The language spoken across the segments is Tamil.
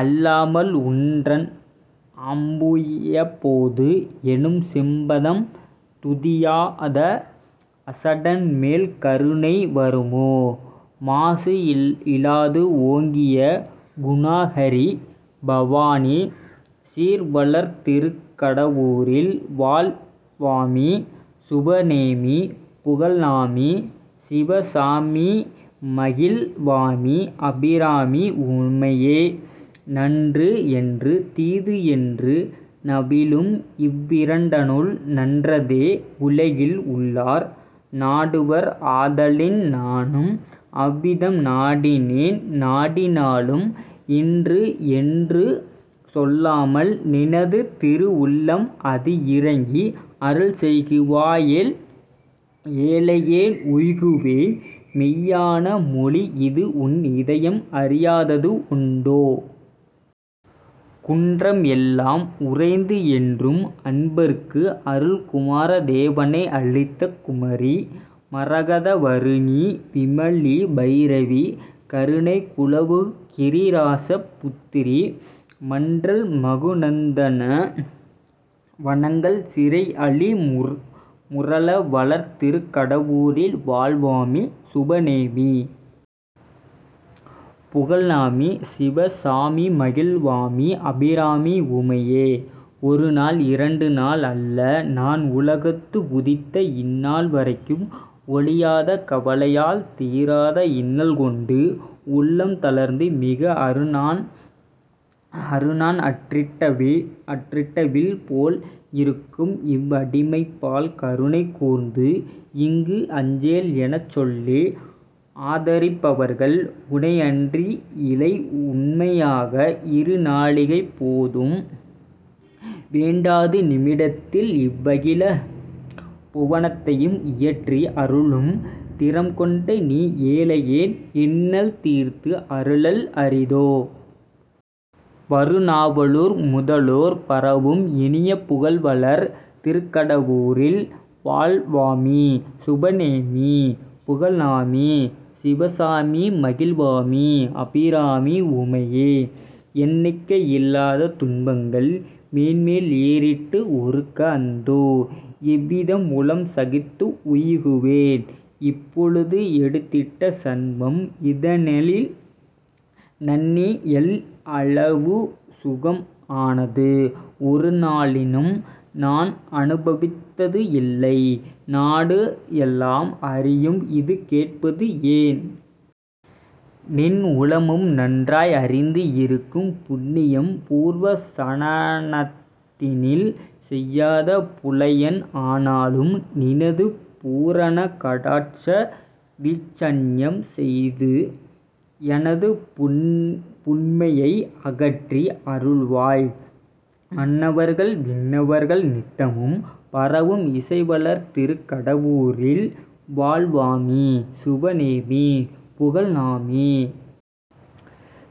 அல்லாமல் உன்றன் அம்புயப் போது எனும் செம் பதம் துதியாத அசடன் மேல் கருணை வருமோ? மாசு இலாது ஓங்கிய குணாகரி! பவானி! சீர் வளர் திருக் கடவூரில் வாழ் வாமி! சுப நேமி! புகழ் நாமி! சிவ சாமிமகிழ் வாமி! அபிராமி உமையே! நன்று என்று தீது என்று நவிலும் இவ் இரண்டனுள் நன்றதே உலகில் உள்ளோர் நாடுவார் ஆதலின் நானுமே அவ்விதம் நாடினேன் நாடினாலும் இன்று என்று சொல்லாமல் நினது திரு உள்ளம் அது இரங்கி அருள் செய்குவாயேல் ஏழையேன் உய்குவேன் மெய்யான மொழி இது உன் இதயம் அறியாதது உண்டோ? குன்றம் எல்லாம் உறைந்து என்றும் அன்பர்க்கு அருள் குமார தேவனை அளித்த குமரி! மரகத வருணி! விமலி! பைரவி! கருணை குலவு கிரி ராச புத்ரி! மன்றல் மிகு நந்தன வனங்கள் சிறை அளி முரல வளர் திருக் கடவூரில் வாழ் வாமி! சுப நேமி! புகழ் நாமி! சிவ சாமிமகிழ் வாமி! அபிராமி உமையே! ஒரு நாள் இரண்டு நாள் அல்ல நான் உலகத்து உதித்த இந் நாள் வரைக்கும் ஒழியாத கவலையால் தீராத இன்னல் கொண்டு உள்ளம் தளர்ந்து மிகவும் அரு நாண் அற்றிட்ட வில் போல் இருக்கும் இவ் அடிமைபால் கருணை கூர்ந்து இங்கு அஞ்சேல் எனச் சொல்லி ஆதரிப்பவர்கள் உனை அன்றி இலை உண்மையாக இரு நாழிகைப் போதும் வேண்டாது நிமிடத்தில் இவ் அகில புவனத்தையும் இயற்றி அருளும் திறம் கொண்ட நீ ஏழையேன் இன்னல் தீர்த்து அருளல் அரிதோ? வரு நாவலூரர் முதலோர் பரவும் இனிய புகழ் வளர் திருக் கடவூரில் வாழ் வாமி! சுப நேமி! புகழ் நாமி! சிவ சாமிமகிழ் வாமி! அபிராமி உமையே! எண்ணிக்கை இல்லாத துன்பங்கள் மேன்மேல் ஏறிட்டு ஒறுக்க அந்தோ! எவ்விதம் உளம் சகித்து உய்குவேன்? இப்பொழுது எடுத்திட்ட சன்மம் இதனில் நண்ணி எள் அளவு சுகம் ஆனது ஒரு நாளினும் நான் அனுபவித்தது இல்லை நாடு எலாம் அறியும் இது கேட்பது ஏன்? நின் உளமும் நன்றாய் அறிந்து இருக்கும் புண்ணியம் பூர்வ சனனத்தினில் செய்யாத புலையன் ஆனாலும் நினது பூரண கடாட்ச வீட்சண்ணியம் செய்து எனது புன்மையை அகற்றி அருள்வாய் மண்ணவர்கள் விண்ணவர்கள் நித்தமும் பரவும் இசை வளர் திருக் கடவூரில் வாழ் வாமி! சுப நேமி! புகழ் நாமி!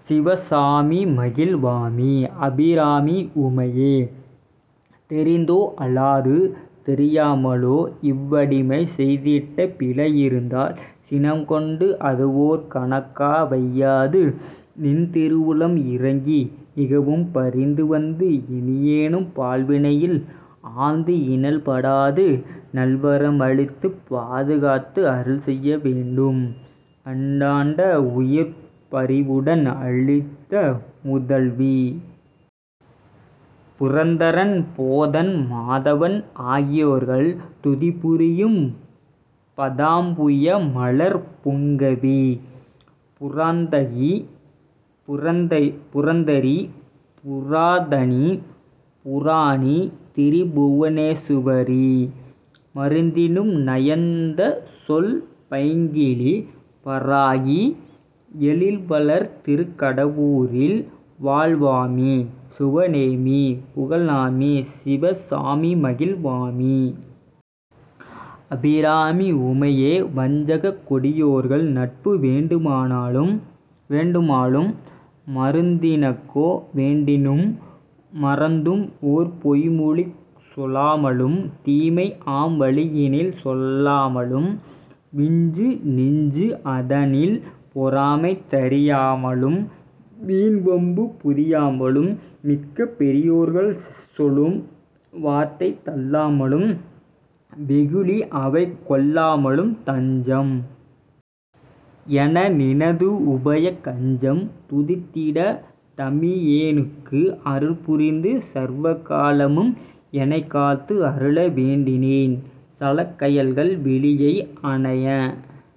சிவ சாமிமகிழ் வாமி! அபிராமி உமையே! தெரிந்தோ அலாது தெரியாமலோ இவ் அடிமை செய்திட்ட பிழை இருந்தால் சினம் கொண்டு அது ஓர் கணக்காக வையாது நின் திரு உளம் இரங்கி மிகவும் பரிந்து வந்து இனியேனும் பாழ் வினையில் ஆழ்ந்து இனல் படாது நல் வரம்அளித்துப் பாதுகாத்து அருள் செய்ய வேண்டும் அண்டாண்ட உயிர் பரிவுடன் அளித்த முதல்வி! புரந்தரன் போதன் மாதவன் ஆகியோர்கள் துதி புரியும் பதாம்புய மலர்ப் புங்கவி! புராந்தகி! புரந்தரி! புராதனி! புராணி! திரி புவனேசுவரி! மருந்தினும் நயந்த சொல் பைங் கிளி! வராகி! எழில் வளர் திருக் கடவூரில் வாழ் வாமி! சுப நேமி! புகழ் நாமி! சிவ சாமிமகிழ் வாமி! அபிராமி உமையே! வஞ்சகக் கொடியோர்கள் நட்பு வேண்டாமலும், மருந்தினுக்கா வேண்டினும் மறந்தும் ஓர் பொய்ம்மொழி சொலாமலும் தீமை ஆம் வழியினில் செல்லாமலும் விஞ்சு நெஞ்சு அதனில் பொறாமை தரியாமலும் வீண் வம்பு புரியாமலும் மிக்க பெரியோர்கள் சொலும் வார்த்தை தள்ளாமலும் வெகுளி அவை கொள்ளாமலும் தஞ்சம் என நினது உபய கஞ்சம் துதித்திடத் தமியேனுக்கு அருள் புரிந்து சர்வ காலமும் எனைக் காத்து அருள வேண்டினேன் சலக் கயல்கள் விழியை அனைய